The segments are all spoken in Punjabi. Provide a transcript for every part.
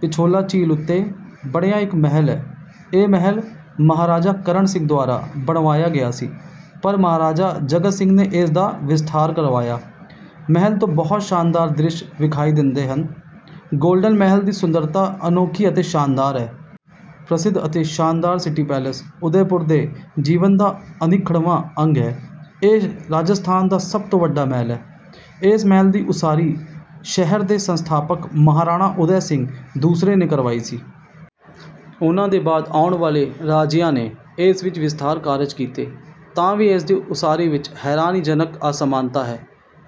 ਪਿਛੋਲਾ ਝੀਲ ਉੱਤੇ ਬਣਿਆ ਇੱਕ ਮਹਿਲ ਹੈ। ਇਹ ਮਹਲ ਮਹਾਰਾਜਾ ਕਰਣ ਸਿੰਘ ਦੁਆਰਾ ਬਣਵਾਇਆ ਗਿਆ ਸੀ, ਪਰ ਮਹਾਰਾਜਾ ਜਗਤ ਸਿੰਘ ਨੇ ਇਸ ਦਾ ਵਿਸਥਾਰ ਕਰਵਾਇਆ। ਮਹਲ ਤੋਂ ਬਹੁਤ ਸ਼ਾਨਦਾਰ ਦ੍ਰਿਸ਼ ਵਿਖਾਈ ਦਿੰਦੇ ਹਨ, ਗੋਲਡਨ ਮਹਲ ਦੀ ਸੁੰਦਰਤਾ ਅਨੋਖੀ ਅਤੇ ਸ਼ਾਨਦਾਰ ਹੈ। ਪ੍ਰਸਿੱਧ ਅਤੇ ਸ਼ਾਨਦਾਰ ਸਿਟੀ ਪੈਲੇਸ ਉਦੈਪੁਰ ਦੇ ਜੀਵਨ ਦਾ ਅਨਿੱਖੜਵਾਂ ਅੰਗ ਹੈ। ਇਹ ਰਾਜਸਥਾਨ ਦਾ ਸਭ ਤੋਂ ਵੱਡਾ ਮਹਲ ਹੈ। ਇਸ ਮਹਲ ਦੀ ਉਸਾਰੀ ਸ਼ਹਿਰ ਦੇ ਸੰਸਥਾਪਕ ਮਹਾਰਾਣਾ ਉਦੈ ਸਿੰਘ ਦੂਸਰੇ ਨੇ ਕਰਵਾਈ ਸੀ। ਉਨ੍ਹਾਂ ਦੇ ਬਾਅਦ ਆਉਣ ਵਾਲੇ ਰਾਜਿਆਂ ਨੇ ਇਸ ਵਿੱਚ ਵਿਸਥਾਰ ਕਾਰਜ ਕੀਤੇ। ਤਾਂ ਵੀ ਇਸ ਦੇ ਉਸਾਰੀ ਵਿੱਚ ਹੈਰਾਨੀਜਨਕ ਅਸਮਾਨਤਾ ਹੈ।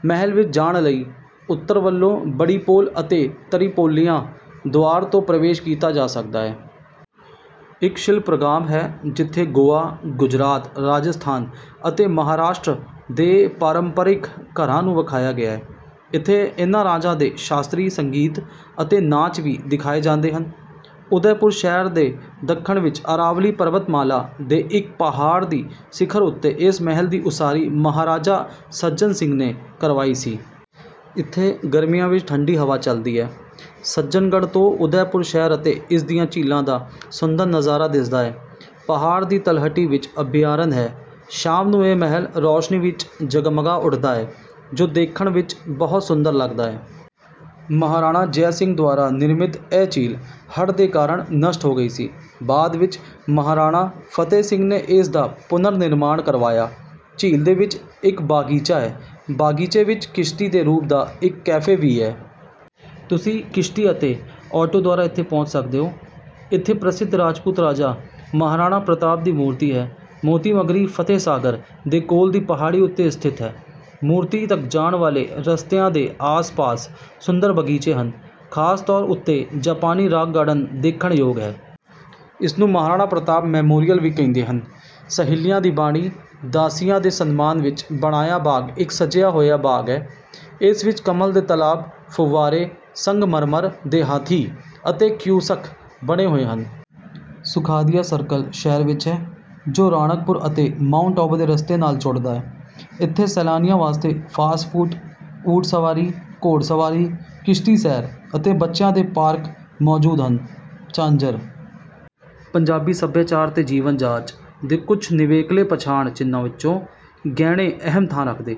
ਮਹਲ ਵਿੱਚ ਜਾਣ ਲਈ ਉੱਤਰ ਵੱਲੋਂ ਬੜੀਪੋਲ ਅਤੇ ਤਰਿਪੋਲਿਆ ਦੁਆਰ ਤੋਂ ਪ੍ਰਵੇਸ਼ ਕੀਤਾ ਜਾ ਸਕਦਾ ਹੈ। ਇੱਕ ਸ਼ਿਲਪਗ੍ਰਾਮ ਹੈ, ਜਿੱਥੇ ਗੋਆ, ਗੁਜਰਾਤ, ਰਾਜਸਥਾਨ ਅਤੇ ਮਹਾਰਾਸ਼ਟਰ ਦੇ ਪਾਰੰਪਰਿਕ ਘਰਾਂ ਨੂੰ ਵਿਖਾਇਆ ਗਿਆ ਹੈ। ਇੱਥੇ ਇਨ੍ਹਾਂ ਰਾਜਾਂ ਦੇ ਸ਼ਾਸਤਰੀ ਸੰਗੀਤ ਅਤੇ ਨਾਚ ਵੀ ਦਿਖਾਏ ਜਾਂਦੇ ਹਨ। ਉਦੈਪੁਰ ਸ਼ਹਿਰ ਦੇ ਦੱਖਣ ਵਿੱਚ ਅਰਾਵਲੀ ਪਰਬਤਮਾਲਾ ਦੇ ਇੱਕ ਪਹਾੜ ਦੀ ਸਿਖਰ ਉੱਤੇ ਇਸ ਮਹਲ ਦੀ ਉਸਾਰੀ ਮਹਾਰਾਜਾ ਸੱਜਨ ਸਿੰਘ ਨੇ ਕਰਵਾਈ ਸੀ। ਇੱਥੇ ਗਰਮੀਆਂ ਵਿੱਚ ਠੰਡੀ ਹਵਾ ਚੱਲਦੀ ਹੈ। ਸੱਜਨਗੜ੍ਹ ਤੋਂ ਉਦੈਪੁਰ ਸ਼ਹਿਰ ਅਤੇ ਇਸ ਦੀਆਂ ਝੀਲਾਂ ਦਾ ਸੁੰਦਰ ਨਜ਼ਾਰਾ ਦਿਸਦਾ ਹੈ। ਪਹਾੜ ਦੀ ਤਲਹਟੀ ਵਿੱਚ ਅਭਿਆਰਨ ਹੈ। ਸ਼ਾਮ ਨੂੰ ਇਹ ਮਹਿਲ ਰੋਸ਼ਨੀ ਵਿੱਚ ਜਗਮਗਾ ਉੱਠਦਾ ਹੈ, ਜੋ ਦੇਖਣ ਵਿੱਚ ਬਹੁਤ ਸੁੰਦਰ ਲਗਦਾ ਹੈ। ਮਹਾਰਾਣਾ ਜੈ ਸਿੰਘ ਦੁਆਰਾ ਨਿਰਮਿਤ ਇਹ ਝੀਲ ਹੜ੍ਹ ਦੇ ਕਾਰਨ ਨਸ਼ਟ ਹੋ ਗਈ ਸੀ, ਬਾਅਦ ਵਿੱਚ ਮਹਾਰਾਣਾ ਫਤੇਹ ਸਿੰਘ ਨੇ ਇਸ ਦਾ ਪੁਨਰਨਿਰਮਾਣ ਕਰਵਾਇਆ। ਝੀਲ ਦੇ ਵਿੱਚ ਇੱਕ ਬਾਗੀਚਾ ਹੈ। ਬਾਗੀਚੇ ਵਿੱਚ ਕਿਸ਼ਤੀ ਦੇ ਰੂਪ ਦਾ ਇੱਕ ਕੈਫੇ ਵੀ ਹੈ। ਤੁਸੀਂ ਕਿਸ਼ਤੀ ਅਤੇ ਆਟੋ ਦੁਆਰਾ ਇੱਥੇ ਪਹੁੰਚ ਸਕਦੇ ਹੋ। ਇੱਥੇ ਪ੍ਰਸਿੱਧ ਰਾਜਪੂਤ ਰਾਜਾ ਮਹਾਰਾਣਾ ਪ੍ਰਤਾਪ ਦੀ ਮੂਰਤੀ ਹੈ। ਮੋਤੀ ਮਗਰੀ ਫਤੇਹਸਾਗਰ ਦੇ ਕੋਲ ਦੀ ਪਹਾੜੀ ਉੱਤੇ ਸਥਿਤ ਹੈ। ਮੂਰਤੀ ਤੱਕ ਜਾਣ ਵਾਲੇ ਰਸਤਿਆਂ ਦੇ ਆਸਪਾਸ ਸੁੰਦਰ ਬਗੀਚੇ ਹਨ, ਖਾਸ ਤੌਰ ਉੱਤੇ ਜਾਪਾਨੀ ਰਾਕ ਗਾਰਡਨ ਦੇਖਣਯੋਗ ਹੈ। ਇਸਨੂੰ ਮਹਾਰਾਣਾ ਪ੍ਰਤਾਪ ਮੈਮੋਰੀਅਲ ਵੀ ਕਹਿੰਦੇ ਹਨ। ਸਹੇਲੀਆਂ ਦੀ ਬਾਂੜੀ ਦਾਸੀਆਂ ਦੇ ਸਨਮਾਨ ਵਿੱਚ ਬਣਾਇਆ ਬਾਗ ਇੱਕ ਸਜਿਆ ਹੋਇਆ ਬਾਗ ਹੈ। ਇਸ ਵਿੱਚ ਕਮਲ ਦੇ ਤਾਲਾਬ, ਫੁੱਵਾਰੇ, ਸੰਗਮਰਮਰ ਦੇ ਹਾਥੀ ਅਤੇ ਕਿਓਸਕ ਬਣੇ ਹੋਏ ਹਨ। ਸੁਖਾਦੀਆ ਸਰਕਲ ਸ਼ਹਿਰ ਵਿੱਚ ਹੈ, ਜੋ ਰਾਣਕਪੁਰ ਅਤੇ ਮਾਉਂਟ ਆਬੂ ਦੇ ਰਸਤੇ ਨਾਲ ਜੁੜਦਾ ਹੈ। ਇੱਥੇ ਸੈਲਾਨੀਆਂ ਵਾਸਤੇ ਫਾਸਟ ਫੂਡ, ਊਠ ਸਵਾਰੀ, ਘੋੜ ਸਵਾਰੀ, ਕਿਸ਼ਤੀ ਸੈਰ ਅਤੇ ਬੱਚਿਆਂ ਦੇ ਪਾਰਕ ਮੌਜੂਦ ਹਨ। ਝਾਂਜਰ ਪੰਜਾਬੀ ਸੱਭਿਆਚਾਰ ਤੇ ਜੀਵਨ ਜਾਚ ਦੇ ਕੁਝ ਨਿਵੇਕਲੇ ਪਛਾਣ ਚਿੰਨ੍ਹਾਂ ਵਿੱਚੋਂ ਗਹਿਣੇ ਅਹਿਮ ਥਾਂ ਰੱਖਦੇ